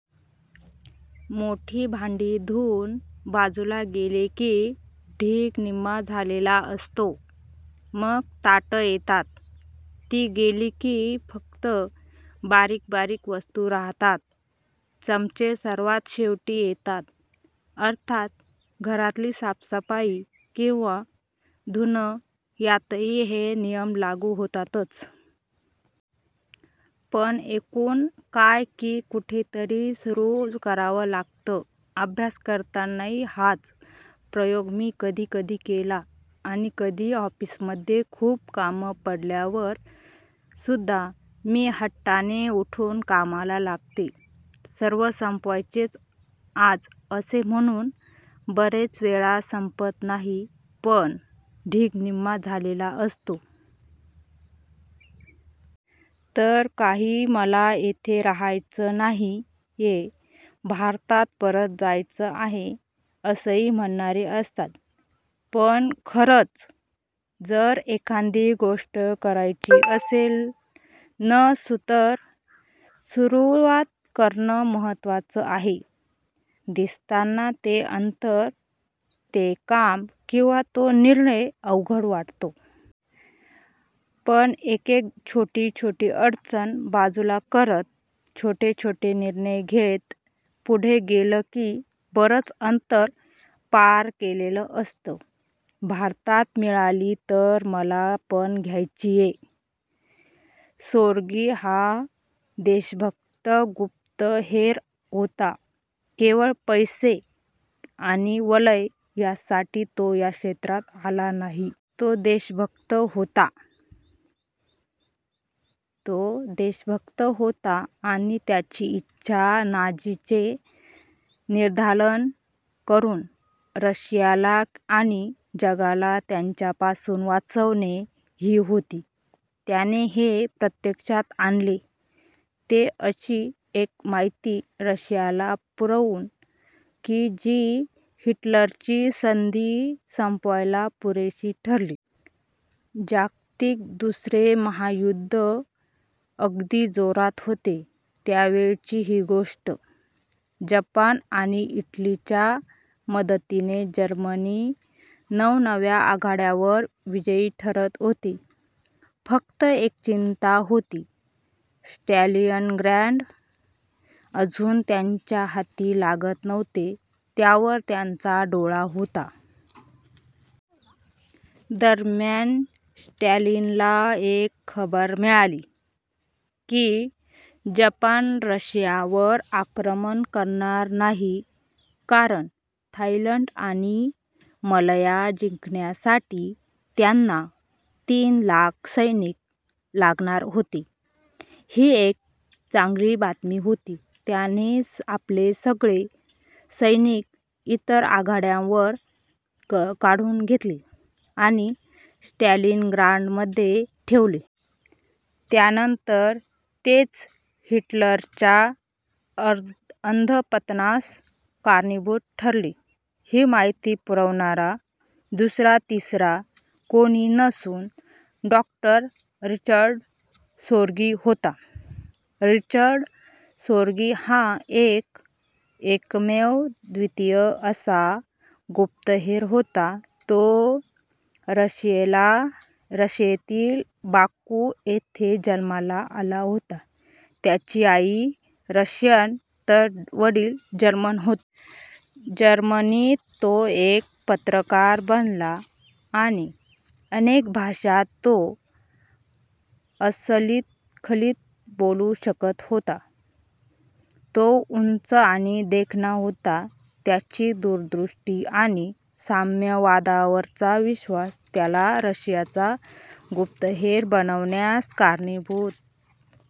मोठी भांडी धुवून बाजूला गेली की ढीग निम्मा झालेला असतो. मग ताटं येतात. ती गेली की फक्त बारीक बारीक वस्तू राहतात. चमचे सर्वात शेवटी येतात. अर्थात घरातली साफसफाई किंवा धुणं यांतही हे नियम लागू होतातच. पण एकून काय की कुठेतरी सुरू करावं लागतं. अभ्यास करतानाही हाच प्रयोग मी कधीकधी केला आणि कधी ऑफिसमध्ये खूप काम पडल्यावर सुद्धा मी हट्टाने उठून कामाला लागते सर्व संपवायचेच आज असे म्हणून. बरेच वेळा संपत नाही पण ढीग निम्मा झालेला असतो. तर काही मला इथे राहायचं नाहीये, भारतात परत जायचं आहे असंही म्हणणारे असतात पण खरंच जर एखादी गोष्ट करायची असेल न तर सुरुवात करणं महत्त्वाचं आहे. दिसताना ते अंतर, ते काम किंवा तो निर्णय अवघड वाटतो. पण एकेक छोटी छोटी अडचण बाजूला करत, छोटे छोटे निर्णय घेत पुढे गेलं की बरंच अंतर पार केलेलं असतं. भारतात मिळाली तर मला पण घ्यायचीय. सोर्गि हा देशभक्त गुप्तहेर होता. केवळ पैसे आणि वलय यासाठी तो या क्षेत्रात आला नाही. तो देशभक्त होता आणि त्याची इच्छा नाझींचे निर्दालन करून रशियाला आणि जगाला त्यांच्यापासून वाचवणे ही होती. त्याने हे प्रत्यक्षात आणले ते अशी एक माहिती रशियाला पुरवून की जी हिटलरची सद्दी संपवायला पुरेशी ठरली. जागतिक दुसरे महायुद्ध अगदी जोरात होते त्यावेळची ही गोष्ट. जपान आणि इटलीच्या मदतीने जर्मनी नवनव्या आघाड्यांवर विजयी ठरत होते. फक्त एक चिंता होती, स्टॅलिनग्राड अजून त्यांच्या हाती लागत नव्हते. त्यावर त्यांचा डोळा होता. दरम्यान स्टॅलिनला एक खबर मिळाली की जपान रशियावर आक्रमण करणार नाही कारण थायलंड आणि मलया जिंकण्यासाठी त्यांना तीन लाख सैनिक लागणार होते. ही एक चांगली बातमी होती. त्याने आपले सगळे सैनिक इतर आघाड्यांवरून काढून घेतले आणि स्टॅलिनग्राडमध्ये ठेवले. त्यानंतर तेच हिटलरच्या अधःपतनास कारणीभूत ठरले. ही माहिती पुरवणारा दुसरा तिसरा कोणी नसून डॉ. रिचर्ड सोर्गि होता. रिचर्ड सोर्गि हा एक एकमेवाद्वितीय असा गुप्तहेर होता. तो रशियातील बाकू येथे जन्माला आला होता. त्याची आई रशियन तर वडील जर्मन होते. जर्मनीत तो एक पत्रकार बनला आणि अनेक भाषा तो अस्खलित बोलू शकत होता. तो उंच आणि देखणा होता. त्याची दूरदृष्टी आणि साम्यवादावरचा विश्वास त्याला रशियाचा गुप्तहेर बनवण्यास कारणीभूत